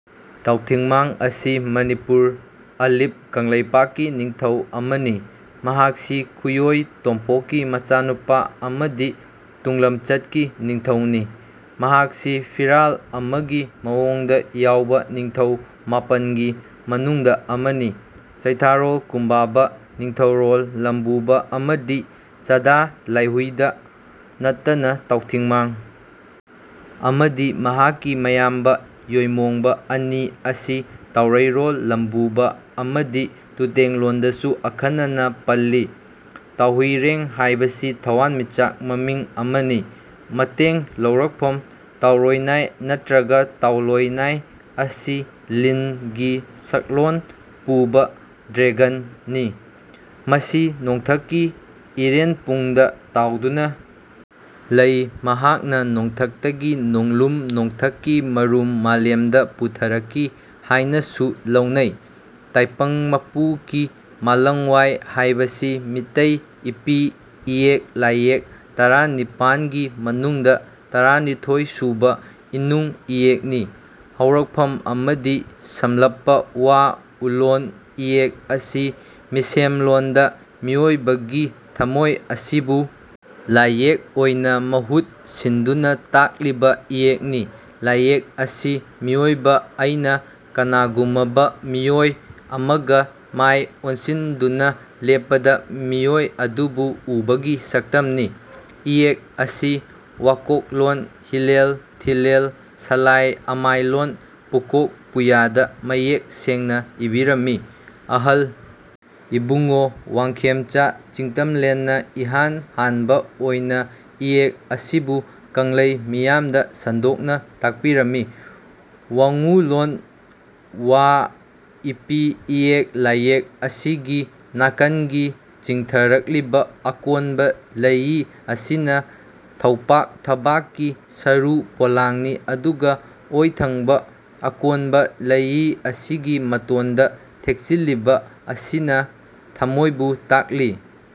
ꯇꯥꯎꯊꯤꯡꯃꯥꯡ ꯑꯁꯤ ꯃꯅꯤꯄꯨꯔ ꯑꯂꯤꯞ ꯀꯪꯂꯩꯄꯥꯛꯀꯤ ꯅꯤꯡꯊꯧ ꯑꯃꯅꯤ꯫ ꯃꯍꯥꯛꯁꯤ ꯈꯨꯌꯣꯢ ꯇꯣꯝꯄꯣꯛꯀꯤ ꯃꯆꯥꯅꯨꯄꯥ ꯑꯃꯗꯤ ꯇꯨꯡꯂꯝꯆꯠꯀꯤ ꯅꯤꯡꯊꯧꯅꯤ꯫ ꯃꯍꯥꯛꯁꯤ ꯐꯤꯔꯥꯜ ꯑꯃꯒꯤ ꯃꯑꯣꯡꯗ ꯌꯥꯎꯕ ꯅꯤꯡꯊꯧ ꯃꯥꯄꯟꯒꯤ ꯃꯅꯨꯡꯗ ꯑꯃꯅꯤ꯫ ꯆꯩꯊꯥꯔꯣꯜ ꯀꯨꯝꯕꯥꯕ ꯅꯤꯡꯊꯧꯔꯣꯜ ꯂꯝꯕꯨꯕ ꯑꯃꯗꯤ ꯆꯗꯥ ꯂꯥꯢꯍꯨꯢꯗ ꯅꯠꯇꯅ ꯇꯥꯎꯊꯤꯡꯃꯥꯡ ꯑꯃꯗꯤ ꯃꯍꯥꯛꯀꯤ ꯃꯌꯥꯝꯕ ꯌꯣꯢꯃꯣꯡꯕ ꯑꯅꯤ ꯑꯁꯤ ꯇꯥꯎꯔꯩꯔꯣꯜ ꯂꯝꯕꯨꯕ ꯑꯃꯗꯤ ꯇꯨꯇꯦꯡꯂꯣꯟꯗꯁꯨ ꯑꯈꯟꯅꯅ ꯄꯜꯂꯤ꯫ ꯇꯥꯎꯍꯨꯢꯔꯦꯡ ꯍꯥꯏꯕꯁꯤ ꯊꯋꯥꯟꯃꯤꯆꯥꯛ ꯃꯃꯤꯡ ꯑꯃꯅꯤ꯫ ꯃꯇꯦꯡ ꯂꯧꯔꯛꯐꯝ ꯇꯥꯎꯔꯣꯢꯅꯥꯢ ꯅꯠꯇ꯭ꯔꯒ ꯇꯥꯎꯂꯣꯢꯅꯥꯢ ꯑꯁꯤ ꯂꯤꯟ ꯒꯤ ꯁꯛꯂꯣꯟ ꯄꯨꯕ ꯗ꯭ꯔꯦꯒꯟ ꯅꯤ꯫ ꯃꯁꯤ ꯅꯣꯡꯊꯛꯀꯤ ꯏꯔꯦꯟꯄꯨꯡꯗ ꯇꯥꯎꯗꯨꯅ ꯂꯩ꯫ ꯃꯍꯥꯛꯅ ꯅꯣꯡꯊꯛꯇꯀꯤ ꯅꯣꯡꯂꯨꯝ ꯅꯣꯡꯊꯛꯀꯤ ꯃꯔꯨꯝ ꯃꯥꯂꯦꯝꯗ ꯄꯨꯊꯔꯛꯈꯤ ꯍꯥꯢꯅꯁꯨ ꯂꯧꯅꯩ꯫ ꯇꯥꯏꯄꯪꯃꯄꯨꯀꯤ ꯃꯥꯂꯪꯋꯥꯏ ꯍꯥꯏꯕꯁꯤ ꯃꯤꯇꯩ ꯏꯄꯤ ꯏꯌꯦꯛ ꯂꯥꯏꯌꯦꯛ ꯇꯔꯥꯅꯤꯄꯥꯟꯒꯤ ꯃꯅꯨꯡꯗ ꯇꯔꯥꯅꯤꯊꯣꯏꯁꯨꯕ ꯏꯅꯨꯡ ꯏꯌꯦꯛꯅꯤ꯫ ꯍꯧꯔꯛꯐꯝ ꯑꯃꯗꯤ ꯁꯝꯂꯞꯄ ꯋꯥ ꯎꯂꯣꯟ ꯏꯌꯦꯛ ꯑꯁꯤ ꯃꯤꯁꯦꯝꯂꯣꯟꯗ ꯃꯤꯑꯣꯏꯕꯒꯤ ꯊꯥꯃꯣꯏ ꯑꯁꯤꯕꯨ ꯂꯥꯏꯌꯦꯛ ꯑꯣꯏꯅ ꯃꯍꯨꯠ ꯁꯤꯟꯗꯨꯅ ꯇꯥꯛꯂꯤꯕ ꯏꯌꯦꯛꯅꯤ꯫ ꯂꯥꯏꯌꯦꯛ ꯑꯁꯤ ꯃꯤꯑꯣꯏꯕ ꯑꯩꯅ ꯀꯅꯥꯒꯨꯃꯕ ꯃꯤꯑꯣꯏ ꯑꯃꯒ ꯃꯥꯏ ꯑꯣꯟꯁꯤꯟꯗꯨꯅ ꯂꯦꯞꯄꯗ ꯃꯤꯑꯣꯏ ꯑꯗꯨꯕꯨ ꯎꯕꯒꯤ ꯁꯛꯇꯝꯅꯤ꯫ ꯏꯌꯦꯛ ꯑꯁꯤ ꯋꯥꯀꯣꯛꯂꯣꯟ ꯍꯤꯂꯦꯜ ꯊꯤꯂꯦꯜ ꯁꯂꯥꯏ ꯑꯃꯥꯏꯂꯣꯟ ꯄꯨꯀꯣꯛ ꯄꯨꯌꯥꯗ ꯃꯌꯦꯛ ꯁꯦꯡꯅ ꯏꯕꯤꯔꯝꯃꯤ꯫ ꯑꯍꯜ ꯏꯕꯨꯡꯉꯣ ꯋꯥꯡꯈꯦꯝꯆꯥ ꯆꯤꯡꯇꯝꯂꯦꯟꯅ ꯏꯍꯥꯟ ꯍꯥꯟꯕ ꯑꯣꯏꯅ ꯏꯌꯦꯛ ꯑꯁꯤꯕꯨ ꯀꯪꯂꯩ ꯃꯤꯌꯥꯝꯗ ꯁꯟꯗꯣꯛꯅ ꯇꯥꯛꯄꯤꯔꯝꯃꯤ꯫ ꯋꯥꯡꯎꯂꯣꯟ ꯋ ꯏꯄꯤ ꯏꯌꯦꯛ ꯂꯥꯏꯌꯦꯛ ꯑꯁꯤꯒꯤ ꯅꯥꯀꯟꯒꯤ ꯆꯤꯡꯊꯔꯛꯂꯤꯕ ꯑꯀꯣꯟꯕ ꯂꯩꯏ ꯑꯁꯤꯅ ꯊꯧꯄꯥꯛ ꯊꯕꯥꯛꯀꯤ ꯁꯔꯨ ꯄꯣꯂꯥꯡꯅꯤ ꯑꯗꯨꯒ ꯑꯣꯏꯊꯪꯕ ꯑꯀꯣꯟꯕ ꯂꯩꯏ ꯑꯁꯤꯒꯤ ꯃꯇꯣꯟꯗ ꯊꯦꯛꯆꯤꯟꯂꯤꯕ ꯑꯁꯤꯅ ꯊꯃꯣꯏꯕꯨ ꯇꯥꯛꯂꯤ꯫